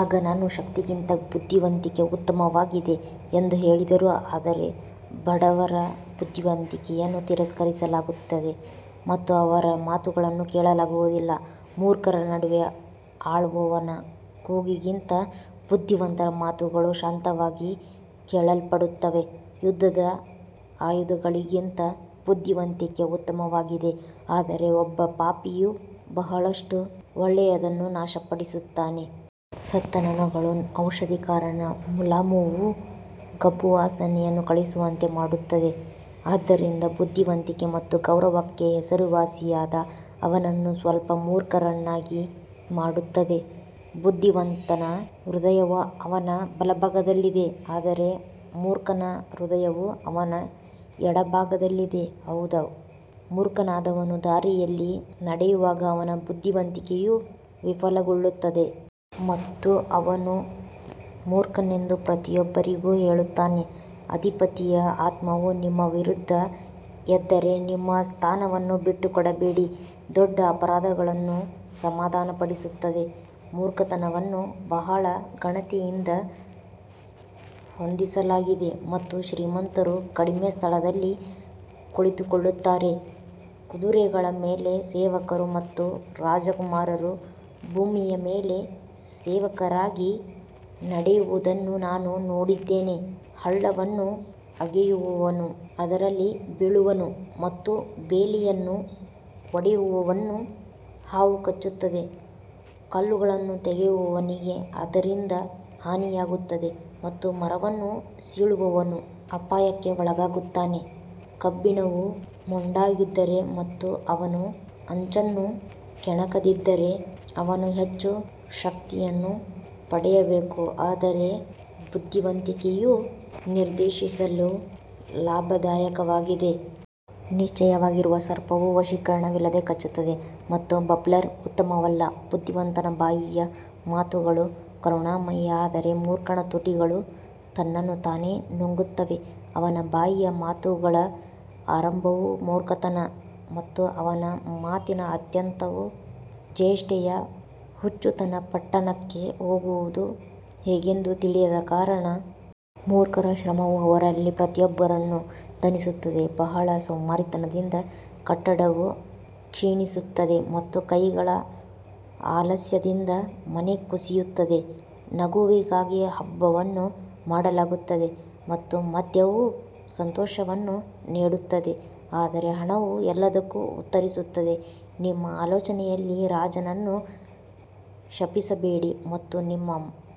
ಆಗ ನಾನು ಶಕ್ತಿಗಿಂತ ಬುದ್ಧಿವಂತಿಕೆ ಉತ್ತಮವಾಗಿದೆ ಎಂದು ಹೇಳಿದರು ಆದರೆ ಬಡವರ ಬುದ್ಧಿವಂತಿಕೆಯನ್ನು ತಿರಸ್ಕರಿಸಲಾಗುತ್ತದೆ ಮತ್ತು ಅವರ ಮಾತುಗಳನ್ನು ಕೇಳಲಾಗುವುದಿಲ್ಲ ಮೂರ್ಖರ ನಡುವೆ ಆಳುವವನ ಕೂಗಿಗಿಂತ ಬುದ್ಧಿವಂತರ ಮಾತುಗಳು ಶಾಂತವಾಗಿ ಕೇಳಲ್ಪಡುತ್ತವೆ ಯುದ್ಧದ ಆಯುಧಗಳಿಗಿಂತ ಬುದ್ಧಿವಂತಿಕೆ ಉತ್ತಮವಾಗಿದೆ ಆದರೆ ಒಬ್ಬ ಪಾಪಿಯು ಬಹಳಷ್ಟು ಒಳ್ಳೆಯದನ್ನು ನಾಶಪಡಿಸುತ್ತಾನೆ ಸತ್ತ ನೊಣಗಳು ಔಷಧಿಕಾರನ ಮುಲಾಮುವು ಗಬ್ಬು ವಾಸನೆಯನ್ನು ಕಳುಹಿಸುವಂತೆ ಮಾಡುತ್ತದೆ, ಆದ್ದರಿಂದ ಬುದ್ಧಿವಂತಿಕೆ ಮತ್ತು ಗೌರವಕ್ಕೆ ಹೆಸರುವಾಸಿಯಾದ ಅವನನ್ನು ಸ್ವಲ್ಪ ಮೂರ್ಖರನ್ನಾಗಿ ಮಾಡುತ್ತದೆ ಬುದ್ಧಿವಂತನ ಹೃದಯವು ಅವನ ಬಲಭಾಗದಲ್ಲಿದೆ ಆದರೆ ಮೂರ್ಖನ ಹೃದಯವು ಅವನ ಎಡಭಾಗದಲ್ಲಿದೆ ಹೌದು, ಮೂರ್ಖನಾದವನು ದಾರಿಯಲ್ಲಿ ನಡೆಯುವಾಗ ಅವನ ಬುದ್ಧಿವಂತಿಕೆಯು ವಿಫಲಗೊಳ್ಳುತ್ತದೆ ಮತ್ತು ಅವನು ಮೂರ್ಖನೆಂದು ಪ್ರತಿಯೊಬ್ಬರಿಗೂ ಹೇಳುತ್ತಾನೆ ಅಧಿಪತಿಯ ಆತ್ಮವು ನಿಮ್ಮ ವಿರುದ್ಧ ಎದ್ದರೆ ನಿಮ್ಮ ಸ್ಥಾನವನ್ನು ಬಿಟ್ಟುಕೊಡಬೇಡಿ ದೊಡ್ಡ ಅಪರಾಧಗಳನ್ನು ಸಮಾಧಾನಪಡಿಸುತ್ತದೆ ಮೂರ್ಖತನವನ್ನು ಬಹಳ ಘನತೆಯಿಂದ ಹೊಂದಿಸಲಾಗಿದೆ ಮತ್ತು ಶ್ರೀಮಂತರು ಕಡಿಮೆ ಸ್ಥಳದಲ್ಲಿ ಕುಳಿತುಕೊಳ್ಳುತ್ತಾರೆ ಕುದುರೆಗಳ ಮೇಲೆ ಸೇವಕರು ಮತ್ತು ರಾಜಕುಮಾರರು ಭೂಮಿಯ ಮೇಲೆ ಸೇವಕರಾಗಿ ನಡೆಯುವುದನ್ನು ನಾನು ನೋಡಿದ್ದೇನೆ ಹಳ್ಳವನ್ನು ಅಗೆಯುವವನು ಅದರಲ್ಲಿ ಬೀಳುವನು ಮತ್ತು ಬೇಲಿಯನ್ನು ಒಡೆಯುವವನನ್ನು ಹಾವು ಕಚ್ಚುತ್ತದೆ ಕಲ್ಲುಗಳನ್ನು ತೆಗೆಯುವವನಿಗೆ ಅದರಿಂದ ಹಾನಿಯಾಗುತ್ತದೆ ಮತ್ತು ಮರವನ್ನು ಸೀಳುವವನು ಅಪಾಯಕ್ಕೆ ಒಳಗಾಗುತ್ತಾನೆ ಕಬ್ಬಿಣವು ಮೊಂಡಾಗಿದ್ದರೆ ಮತ್ತು ಅವನು ಅಂಚನ್ನು ಕೆಣಕದಿದ್ದರೆ, ಅವನು ಹೆಚ್ಚು ಶಕ್ತಿಯನ್ನು ಪಡೆಯಬೇಕು ಆದರೆ ಬುದ್ಧಿವಂತಿಕೆಯು ನಿರ್ದೇಶಿಸಲು ಲಾಭದಾಯಕವಾಗಿದೆ. ನಿಶ್ಚಯವಾಗಿಯೂ ಸರ್ಪವು ವಶೀಕರಣವಿಲ್ಲದೆ ಕಚ್ಚುತ್ತದೆ ಮತ್ತು ಬಬ್ಲರ್ ಉತ್ತಮವಲ್ಲ ಬುದ್ಧಿವಂತನ ಬಾಯಿಯ ಮಾತುಗಳು ಕರುಣಾಮಯಿ ಆದರೆ ಮೂರ್ಖನ ತುಟಿಗಳು ತನ್ನನ್ನು ತಾನೇ ನುಂಗುತ್ತವೆ ಅವನ ಬಾಯಿಯ ಮಾತುಗಳ ಆರಂಭವು ಮೂರ್ಖತನ ಮತ್ತು ಅವನ ಮಾತಿನ ಅಂತ್ಯವು ಚೇಷ್ಟೆಯ ಹುಚ್ಚುತನ ಪಟ್ಟಣಕ್ಕೆ ಹೋಗುವುದು ಹೇಗೆಂದು ತಿಳಿಯದ ಕಾರಣ ಮೂರ್ಖರ ಶ್ರಮವು ಅವರಲ್ಲಿ ಪ್ರತಿಯೊಬ್ಬರನ್ನು ದಣಿಸುತ್ತದೆ ಬಹಳ ಸೋಮಾರಿತನದಿಂದ ಕಟ್ಟಡವು ಕ್ಷೀಣಿಸುತ್ತದೆ ಮತ್ತು ಕೈಗಳ ಆಲಸ್ಯದಿಂದ ಮನೆ ಕುಸಿಯುತ್ತದೆ ನಗುವಿಗಾಗಿ ಹಬ್ಬವನ್ನು ಮಾಡಲಾಗುತ್ತದೆ ಮತ್ತು ಮದ್ಯವು ಸಂತೋಷವನ್ನು ನೀಡುತ್ತದೆ ಆದರೆ ಹಣವು ಎಲ್ಲದಕ್ಕೂ ಉತ್ತರಿಸುತ್ತದೆ ನಿಮ್ಮ ಆಲೋಚನೆಯಲ್ಲಿ ರಾಜನನ್ನು ಶಪಿಸಬೇಡಿ ಮತ್ತು ನಿಮ್ಮ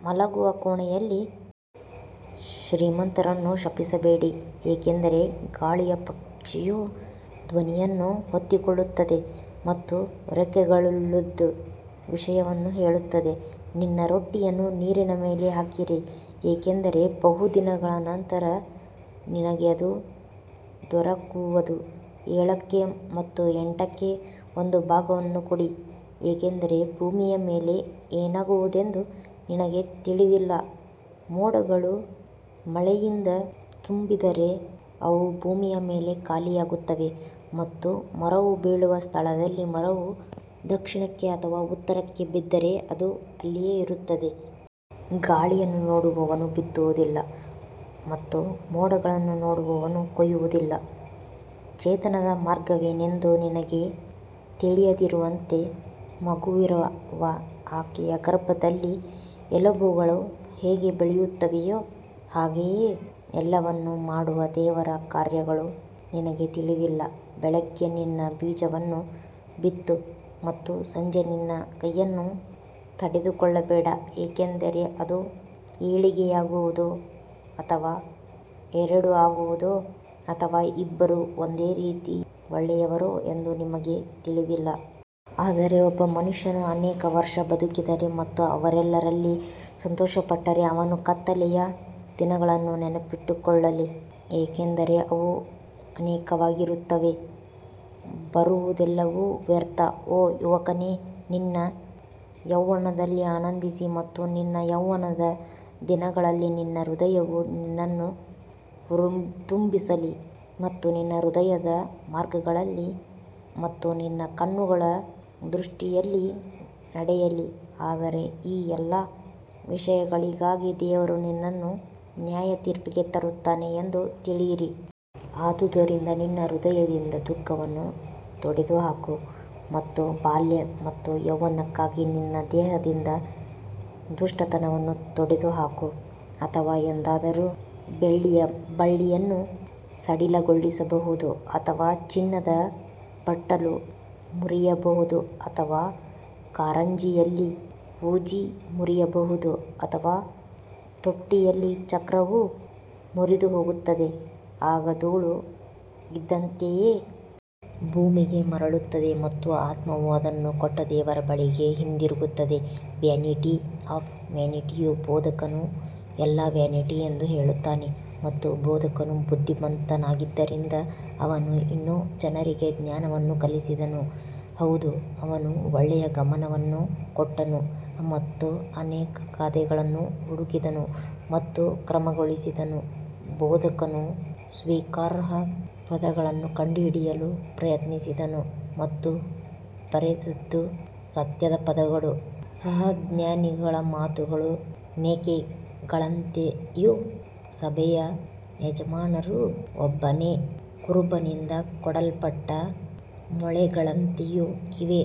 ಮಲಗುವ ಕೋಣೆಯಲ್ಲಿ ಶ್ರೀಮಂತರನ್ನು ಶಪಿಸಬೇಡಿ ಏಕೆಂದರೆ ಗಾಳಿಯ ಪಕ್ಷಿಯು ಧ್ವನಿಯನ್ನು ಹೊತ್ತುಕೊಳ್ಳುತ್ತದೆ ಮತ್ತು ರೆಕ್ಕೆಗಳುಳ್ಳದ್ದು ವಿಷಯವನ್ನು ಹೇಳುತ್ತದೆ ನಿನ್ನ ರೊಟ್ಟಿಯನ್ನು ನೀರಿನ ಮೇಲೆ ಹಾಕಿರಿ ಏಕೆಂದರೆ ಬಹುದಿನಗಳ ನಂತರ ನಿನಗೆ ಅದು ದೊರಕುವದು ಏಳಕ್ಕೆ ಮತ್ತು ಎಂಟಕ್ಕೆ ಒಂದು ಭಾಗವನ್ನು ಕೊಡಿ ಏಕೆಂದರೆ ಭೂಮಿಯ ಮೇಲೆ ಏನಾಗುವುದೆಂದು ನಿನಗೆ ತಿಳಿದಿಲ್ಲ ಮೋಡಗಳು ಮಳೆಯಿಂದ ತುಂಬಿದ್ದರೆ ಅವು ಭೂಮಿಯ ಮೇಲೆ ಖಾಲಿಯಾಗುತ್ತವೆ ಮತ್ತು ಮರವು ಬೀಳುವ ಸ್ಥಳದಲ್ಲಿ ಮರವು ದಕ್ಷಿಣಕ್ಕೆ ಅಥವಾ ಉತ್ತರಕ್ಕೆ ಬಿದ್ದರೆ ಅದು ಅಲ್ಲಿಯೇ ಇರುತ್ತದೆ. ಗಾಳಿಯನ್ನು ನೋಡುವವನು ಬಿತ್ತುವುದಿಲ್ಲ ಮತ್ತು ಮೋಡಗಳನ್ನು ನೋಡುವವನು ಕೊಯ್ಯುವುದಿಲ್ಲ ಚೇತನದ ಮಾರ್ಗವೇನೆಂದು ನಿನಗೆ ತಿಳಿಯದಿರುವಂತೆ ಮಗುವಿರುವ ಆಕೆಯ ಗರ್ಭದಲ್ಲಿ ಎಲುಬುಗಳು ಹೇಗೆ ಬೆಳೆಯುತ್ತವೆಯೋ ಹಾಗೆಯೇ ಎಲ್ಲವನ್ನೂ ಮಾಡುವ ದೇವರ ಕಾರ್ಯಗಳು ನಿನಗೆ ತಿಳಿದಿಲ್ಲ. ಬೆಳಿಗ್ಗೆ ನಿನ್ನ ಬೀಜವನ್ನು ಬಿತ್ತು ಮತ್ತು ಸಂಜೆ ನಿನ್ನ ಕೈಯನ್ನು ತಡೆದುಕೊಳ್ಳಬೇಡ ಏಕೆಂದರೆ ಅದು ಏಳಿಗೆಯಾಗುವುದೋ ಅಥವಾ ಎರಡೂ ಆಗುವುದೋ ಅಥವಾ ಇಬ್ಬರೂ ಒಂದೇ ರೀತಿ ಒಳ್ಳೆಯವರೋ ಎಂದು ನಿಮಗೆ ತಿಳಿದಿಲ್ಲ. ಆದರೆ ಒಬ್ಬ ಮನುಷ್ಯನು ಅನೇಕ ವರ್ಷ ಬದುಕಿದರೆ ಮತ್ತು ಅವರೆಲ್ಲರಲ್ಲಿ ಸಂತೋಷಪಟ್ಟರೆ ಅವನು ಕತ್ತಲೆಯ ದಿನಗಳನ್ನು ನೆನಪಿಟ್ಟುಕೊಳ್ಳಲಿ, ಏಕೆಂದರೆ ಅವು ಅನೇಕವಾಗಿರುತ್ತವೆ, ಬರುವುದೆಲ್ಲವೂ ವ್ಯರ್ಥ. ಓ ಯುವಕನೇ ನಿನ್ನ ಯೌವನದಲ್ಲಿ ಆನಂದಿಸಿ ಮತ್ತು ನಿನ್ನ ಯೌವನದ ದಿನಗಳಲ್ಲಿ ನಿನ್ನ ಹೃದಯವು ನಿನ್ನನ್ನು ಹುರಿದುಂಬಿಸಲಿ ಮತ್ತು ನಿನ್ನ ಹೃದಯದ ಮಾರ್ಗಗಳಲ್ಲಿ ಮತ್ತು ನಿನ್ನ ಕಣ್ಣುಗಳ ದೃಷ್ಟಿಯಲ್ಲಿ ನಡೆಯಲಿ ಆದರೆ ಈ ಎಲ್ಲಾ ವಿಷಯಗಳಿಗಾಗಿ ದೇವರು ನಿನ್ನನ್ನು ನ್ಯಾಯತೀರ್ಪಿಗೆ ತರುತ್ತಾನೆ ಎಂದು ತಿಳಿಯಿರಿ. ಆದುದರಿಂದ ನಿನ್ನ ಹೃದಯದಿಂದ ದುಃಖವನ್ನು ತೊಡೆದುಹಾಕು ಮತ್ತು ಬಾಲ್ಯ ಮತ್ತು ಯೌವನಕ್ಕಾಗಿ ನಿನ್ನ ದೇಹದಿಂದ ದುಷ್ಟತನವನ್ನು ತೊಡೆದುಹಾಕು ಅಥವಾ ಎಂದಾದರೂ ಬೆಳ್ಳಿಯ ಬಳ್ಳಿಯನ್ನು ಸಡಿಲಗೊಳಿಸಬಹುದು ಅಥವಾ ಚಿನ್ನದ ಬಟ್ಟಲು ಮುರಿಯಬಹುದು ಅಥವಾ ಕಾರಂಜಿಯಲ್ಲಿ ಹೂಜಿ ಮುರಿಯಬಹುದು ಅಥವಾ ತೊಟ್ಟಿಯಲ್ಲಿ ಚಕ್ರವು ಮುರಿದುಹೋಗುತ್ತದೆ ಆಗ ಧೂಳು ಇದ್ದಂತೆಯೇ ಭೂಮಿಗೆ ಮರಳುತ್ತದೆ ಮತ್ತು ಆತ್ಮವು ಅದನ್ನು ಕೊಟ್ಟ ದೇವರ ಬಳಿಗೆ ಹಿಂತಿರುಗುತ್ತದೆ ವ್ಯಾನಿಟಿ ಆಫ್ ವ್ಯಾನಿಟಿಯು ಬೋಧಕನು ಎಲ್ಲಾ ವ್ಯಾನಿಟಿ ಎಂದು ಹೇಳುತ್ತಾನೆ ಮತ್ತು ಬೋಧಕನು ಬುದ್ಧಿವಂತನಾಗಿದ್ದರಿಂದ ಅವನು ಇನ್ನೂ ಜನರಿಗೆ ಜ್ಞಾನವನ್ನು ಕಲಿಸಿದನು, ಹೌದು ಅವನು ಒಳ್ಳೆಯ ಗಮನವನ್ನು ಕೊಟ್ಟನು ಮತ್ತು ಅನೇಕ ಗಾದೆಗಳನ್ನು ಹುಡುಕಿದನು ಮತ್ತು ಕ್ರಮಗೊಳಿಸಿದನು ಬೋಧಕನು ಸ್ವೀಕಾರಾರ್ಹ ಪದಗಳನ್ನು ಕಂಡುಹಿಡಿಯಲು ಪ್ರಯತ್ನಿಸಿದನು ಮತ್ತು ಬರೆದದ್ದು ಸತ್ಯದ ಪದಗಳು ಸಹ ಜ್ಞಾನಿಗಳ ಮಾತುಗಳು ಮೇಕೆಗಳಂತೆಯೂ ಸಭೆಯ ಯಜಮಾನರು ಒಬ್ಬನೇ ಕುರುಬನಿಂದ ಕೊಡಲ್ಪಟ್ಟ ಮೊಳೆಗಳಂತೆಯೂ ಇವೆ.